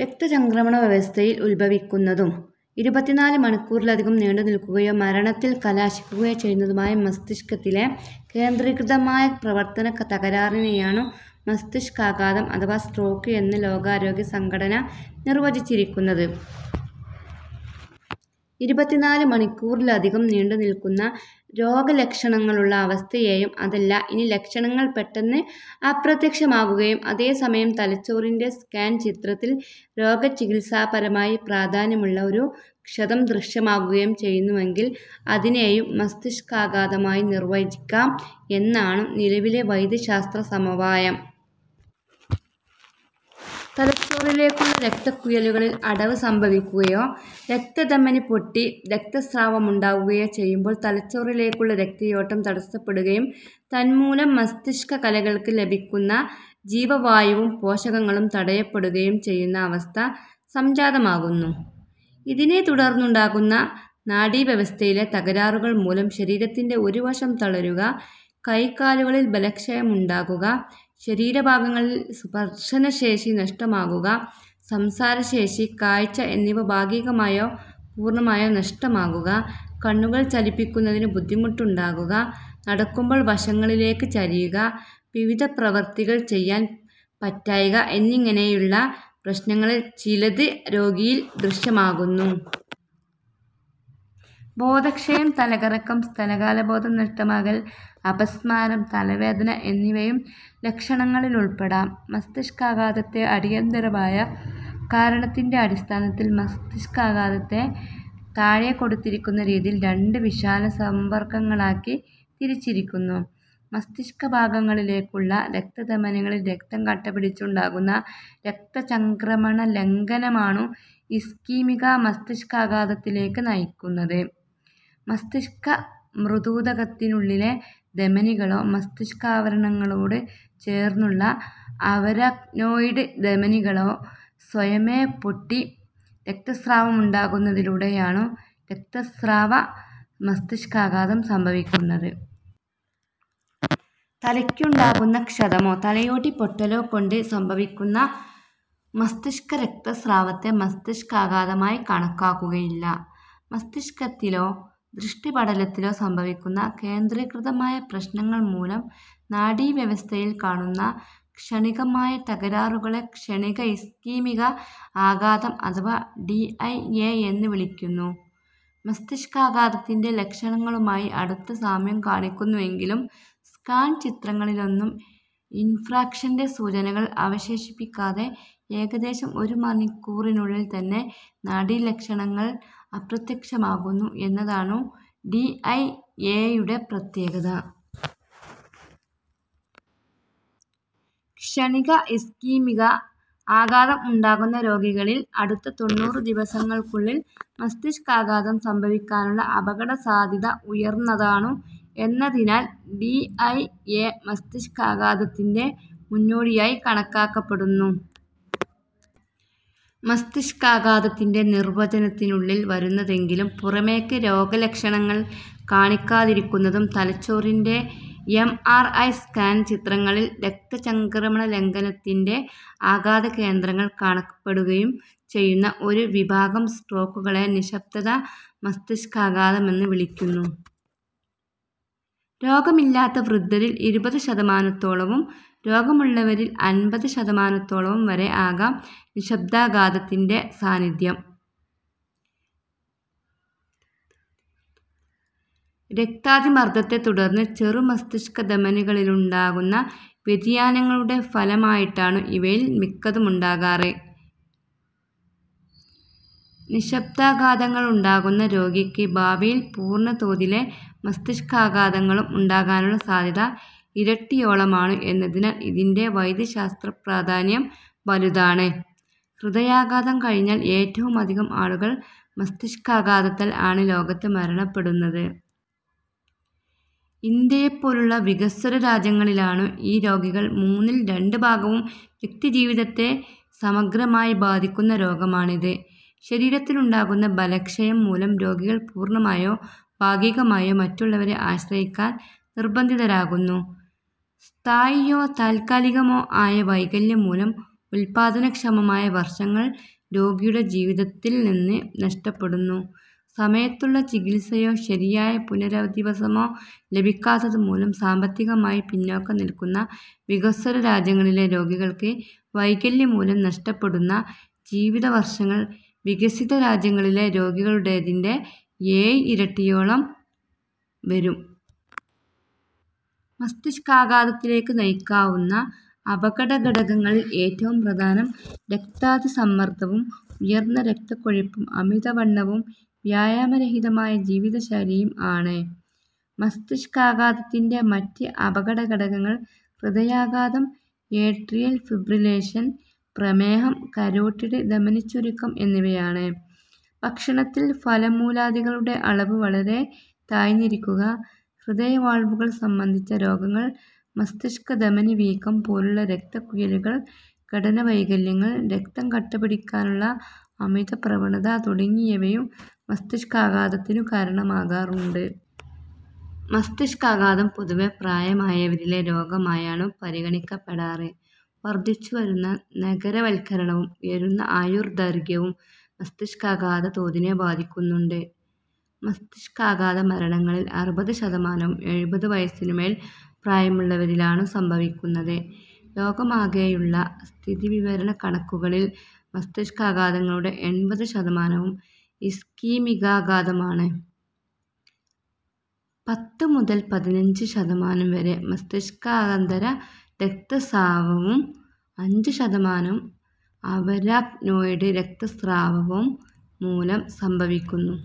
രക്തചംക്രമണവ്യവസ്ഥയിൽ ഉത്ഭവിക്കുന്നതും, ഇരുപത്തിനാല് മണിക്കൂറിലധികം നീണ്ടുനിൽക്കുകയോ മരണത്തിൽ കലാശിക്കുകയോ ചെയ്യുന്നതുമായ മസ്തിഷ്കത്തിലെ കേന്ദ്രീകൃതമായ പ്രവർത്തനത്തകരാറിനെയാണു മസ്തിഷ്കാഘാതം അഥവാ സ്ട്രോക്ക് എന്ന് ലോകാരോഗ്യ സംഘടന നിർവചിച്ചിരിക്കുന്നത്. ഇരുപത്തിനാല് മണിക്കൂറിലധികം നീണ്ടുനിൽക്കുന്ന രോഗലക്ഷണങ്ങളുള്ള അവസ്ഥയേയും, അതല്ല ഇനി ലക്ഷണങ്ങൾ പെട്ടെന്ന് അപ്രത്യക്ഷമാകുകയും അതേസമയം തലച്ചോറിന്റെ സ്കാൻ ചിത്രത്തിൽ രോഗചികിത്സാപരമായി പ്രാധാന്യമുള്ള ഒരു ക്ഷതം ദൃശ്യമാകുകയും ചെയ്യുന്നുവെങ്കിൽ അതിനെയും മസ്തിക്ഷാകാഘാതമായി നിർവചിക്കാം എന്നാണു നിലവിലെ വൈദ്യശാസ്ത്ര സമവായം. തലച്ചോറിലേക്കുള്ള രക്തക്കുഴലുകളിൽ അടവ് സംഭവിക്കുകയോ രക്തധമനി പൊട്ടി രക്തസ്രാവമുണ്ടാകുകയോ ചെയ്യുമ്പോൾ തലച്ചോറിലേക്കുള്ള രക്തയോട്ടം തടസ്സപ്പെടുകയും തന്മൂലം മസ്തിഷ്കകലകൾക്ക് ലഭിക്കുന്ന ജീവവായുവും പോഷകങ്ങളും തടയപ്പെടുകയും ചെയ്യുന്ന അവസ്ഥ സംജാതമാകുന്നു. ഇതിനെത്തുടർന്നുണ്ടാകുന്ന നാഡീവ്യവസ്ഥയിലെ തകരാറുകൾമൂലം ശരീരത്തിന്റെ ഒരു വശം തളരുക, കൈകാലുകളിൽ ബലക്ഷയമുണ്ടാകുക, ശരീരഭാഗങ്ങളിൽ സ്പർശനശേഷി നഷ്ടമാകുക, സംസാരശേഷി, കാഴ്ച എന്നിവ ഭാഗികമായോ പൂർണമായോ നഷ്ടമാകുക, കണ്ണുകൾ ചലിപ്പിക്കുന്നതിനു ബുദ്ധിമുട്ടുണ്ടാകുക, നടക്കുമ്പോൾ വശങ്ങളിലേക്ക് ചരിയുക, വിവിധപ്രവർത്തികൾ ചെയ്യാൻ പറ്റായ്ക, എന്നിങ്ങനെയുള്ള പ്രശ്നങ്ങളിൽ ചിലത് രോഗിയിൽ ദൃശ്യമാകുന്നു. ബോധക്ഷയം, തലകറക്കം, സ്ഥലകാലബോധം നഷ്ടമാകൽ, അപസ്മാരം, തലവേദന എന്നിവയും ലക്ഷണങ്ങളിലുൾപ്പെടാം. മസ്തിഷ്കാഘാതത്തെ അടിയന്തരമായ കാരണത്തിന്റെ അടിസ്ഥാനത്തിൽ മസ്തിഷ്കാഘാതത്തെ താഴെക്കൊടുത്തിരിക്കുന്ന രീതിയിൽ രണ്ടു വിശാല സംവർഗങ്ങളാക്കി തിരിച്ചിരിക്കുന്നു: മസ്തിഷ്കഭാഗങ്ങളിലേക്കുള്ള രക്തധമനികളിൽ രക്തം കട്ടപിടിച്ചുണ്ടാകുന്ന രക്തചംക്രമണലംഘനമാണു ഇസ്കീമിക മസ്തിഷ്കാഘാതത്തിലേക്ക് നയിക്കുന്നത്. മസ്തിഷ്ക മൃദൂതകത്തിനുള്ളിലെ ധമനികളോ മസ്തിഷ്കാവരണങ്ങളോട് ചേർന്നുള്ള അവാരാക്നോയിഡ് ധമനികളോ സ്വയമേവ പൊട്ടി രക്തസ്രാവമുണ്ടാകുന്നാതിലൂടെയാണു രക്തസ്രാവ മസ്തിഷ്കാഘാതം സംഭവിക്കുന്നത് തലയ്ക്കുണ്ടാകുന്ന ക്ഷതമോ തലയോട്ടി പൊട്ടലോ കൊണ്ട് സംഭവിക്കുന്ന മസ്തിഷ്കരക്തസ്രാവത്തെ മസ്തിഷ്കാഘാതമായി കണക്കാക്കുകയില്ല. മസ്തിഷ്കത്തിലോ ദൃഷ്ടിപടലത്തിലോ സംഭവിക്കുന്ന കേന്ദ്രീകൃതമായ പ്രശ്നങ്ങൾ മൂലം നാഡീവ്യവസ്ഥയിൽ കാണുന്ന ക്ഷണികമായ തകരാറുകളെ ക്ഷണിക ഇസ്കീമിക ആഘാതം അഥവാ "ടിഐഏ" എന്ന് വിളിക്കുന്നു. മസ്തിഷ്കാഘാതത്തിന്റെ ലക്ഷണങ്ങളുമായി അടുത്ത സാമ്യം കാണിക്കുന്നുവെങ്കിലും സ്കാൻ ചിത്രങ്ങളിലൊന്നും ഇൻഫ്രാക്ഷന്റെ സൂചനകൾ അവശേഷിപ്പിക്കാതെ ഏകദേശം ഒരു മണിക്കൂറിനുള്ളിൽ തന്നെ നാഡീലക്ഷണങ്ങൾ അപ്രത്യക്ഷമാകുന്നു എന്നതാണു ടിഐഏയുടെ പ്രത്യേകത. ക്ഷണിക ഇസ്കീമിക ആഘാതം ഉണ്ടാകുന്ന രോഗികളിൽ അടുത്ത തൊണ്ണൂറ് ദിവസങ്ങൾക്കുള്ളിൽ മസ്തിഷ്കാഘാതം സംഭവിക്കാനുള്ള അപകടസാധ്യത ഉയർന്നതാണു എന്നതിനാൽ ടിഐഏ മസ്തിഷ്കാഘാതത്തിന്റെ മുന്നോടിയായി കണക്കാക്കപ്പെടുന്നു. മസ്തിഷ്കാഘാതത്തിന്റെ നിർവചനത്തിനുള്ളിൽ വരുന്നതെങ്കിലും പുറമേയ്ക്ക് രോഗലക്ഷണങ്ങൾ കാണിക്കാതിരിക്കുന്നതും തലച്ചോറിന്റെ എംആർഐ സ്കാൻ ചിത്രങ്ങളിൽ രക്തചംക്രമണലംഘനത്തിന്റെ ആഘാതകേന്ദ്രങ്ങൾ കാണപ്പെടുകയും ചെയ്യുന്ന ഒരു വിഭാഗം സ്ട്രോക്കുകളെ "നിശ്ശബ്ദ മസ്തിഷ്കാഘാത"മെന്ന് വിളിക്കുന്നു. രോഗമില്ലാത്ത വൃദ്ധരിൽ ഇരുപതുശതമാനത്തോളവും രോഗമുള്ളവരിൽ അൻമ്പത്ശതമാനത്തോളവും വരെ ആകാം നിശ്ശബ്ദാഘാതത്തിന്റെ സാന്നിധ്യം. രക്താതിമർദ്ദത്തെത്തുടർന്ന് ചെറു മസ്തിഷ്കധമനികളിലുണ്ടാകുന്ന വ്യതിയാനങ്ങളുടെ ഫലമായിട്ടാണു ഇവയിൽ മിക്കതുമുണ്ടാകാറ്. നിശ്ശബ്ദാഘാതങ്ങളുണ്ടാകുന്ന രോഗിയ്ക്ക് ഭാവിയിൽ പൂർണതോതിലെ മസ്തിഷ്കാഘാതങ്ങളും ഉണ്ടാകാനുള്ള സാധ്യത ഇരട്ടിയോളമാണു എന്നതിന് ഇതിന്റെ വൈദ്യശാസ്ത്രപ്രാധാന്യം വലുതാണ്. ഹൃദയാഘാതം കഴിഞ്ഞാൽ ഏറ്റവുമധികം ആളുകൾ മസ്തിഷ്കാഘാതത്താൽ ആണ് ലോകത്ത് മരണപ്പെടുന്നത്. ഇന്ത്യയെപ്പോലുള്ള വികസ്വര രാജ്യങ്ങളിലാണു ഈ രോഗികളിൽ മൂന്നിൽ രണ്ട് ഭാഗവും. വ്യക്തിജീവിതത്തെ സമഗ്രമായി ബാധിക്കുന്ന രോഗമാണിത്. ശരീരത്തിലുണ്ടാകുന്ന ബലക്ഷയം മൂലം രോഗികൾ പൂർണമായോ ഭാഗികമായോ മറ്റുള്ളവരെ ആശ്രയിക്കാൻ നിർബന്ധിതരാകുന്നു. സ്ഥായിയോ താൽക്കാലികമോ ആയ വൈകല്യം മൂലം ഉല്പാദനക്ഷമമായ വർഷങ്ങൾ രോഗിയുടെ ജീവിതത്തിൽ നിന്ന് നഷ്ടപ്പെടുന്നു. സമയത്തുള്ള ചികിത്സയോ ശരിയായ പുനരധിവാസമോ ലഭിക്കാത്തതുമൂലം സാമ്പത്തികമായി പിന്നാക്കം നിൽക്കുന്ന വികസ്വരരാജ്യങ്ങളിലെ രോഗികൾക്ക് വൈകല്യംമൂലം നഷ്ടപ്പെടുന്ന ജീവിതവർഷങ്ങൾ വികസിതരാജ്യങ്ങളിലെ രോഗികളുടേതിന്റെ ഏഴ് ഇരട്ടിയോളം വരും. മസ്തിഷ്കാഘാതത്തിലേക്ക് നയിക്കാവുന്ന അപകടഘടകങ്ങളിൽ ഏറ്റവും പ്രധാനം രക്താതിസമ്മർദ്ദവും ഉയർന്ന രക്തക്കൊഴുപ്പും അമിതവണ്ണവും വ്യായാമരഹിതമായ ജീവിതശൈലിയും ആണ്. മസ്തിഷ്കാഘാതത്തിന്റെ മറ്റ് അപകടഘടകങ്ങൾ ഹൃദയാഘാതം, ഏട്രിയൽ ഫിബ്രിലേഷൻ, പ്രമേഹം, കരോട്ടിഡ് ധമനിച്ചുരുക്കം എന്നിവയാണ്. ഭക്ഷണത്തിൽ ഫലമൂലാദികളുടെ അളവ് വളരെ താഴ്ന്നിരിക്കുക, ഹൃദയവാൾവുകൾ സംബന്ധിച്ച രോഗങ്ങൾ, മസ്തിഷ്കധമനിവീക്കം പോലുള്ള രക്തക്കുഴൽ ഘടനവൈകല്യങ്ങൾ, രക്തം കട്ടപിടിക്കാനുള്ള അമിതപ്രവണത തുടങ്ങിയവയും മസ്തിഷ്കാഘാതത്തിനു കാരണമാകാറുണ്ട്. മസ്തിഷ്കാഘാതം പൊതുവേ പ്രായമായവരിലെ രോഗമായാണു പരിഗണിക്കപ്പെടാറ്. വർദ്ധിച്ചുവരുന്ന നഗരവത്കരണവും ഉയരുന്ന ആയുർദൈർഘ്യവും മസ്തിഷ്കാഘാത തോതിനെ ബാധിക്കുന്നുണ്ട്. മസ്തിഷ്കാഘാതമരണങ്ങളിൽ അറുപത് ശതമാനവും എഴുപത് വയസിനുമേൽ പ്രായമുള്ളവരിലാണു സംഭവിക്കുന്നത്. ലോകമാകെയുള്ള സ്ഥിതിവിവരണക്കണക്കുകളിൽ മസ്തിഷ്കാഘാതങ്ങളുടെ എൺപത് ശതമാനവും ഇസ്കീമികാഘാതമാണ്. പത്ത് മുതൽ പതിനഞ്ച് ശതമാനം വരെ മസ്തിഷ്കാന്തര രക്തസ്രാവവും അഞ്ച് ശതമാനം അവാരാക്നോയിഡ് രക്തസ്രാവവും മൂലം സംഭവിക്കുന്നു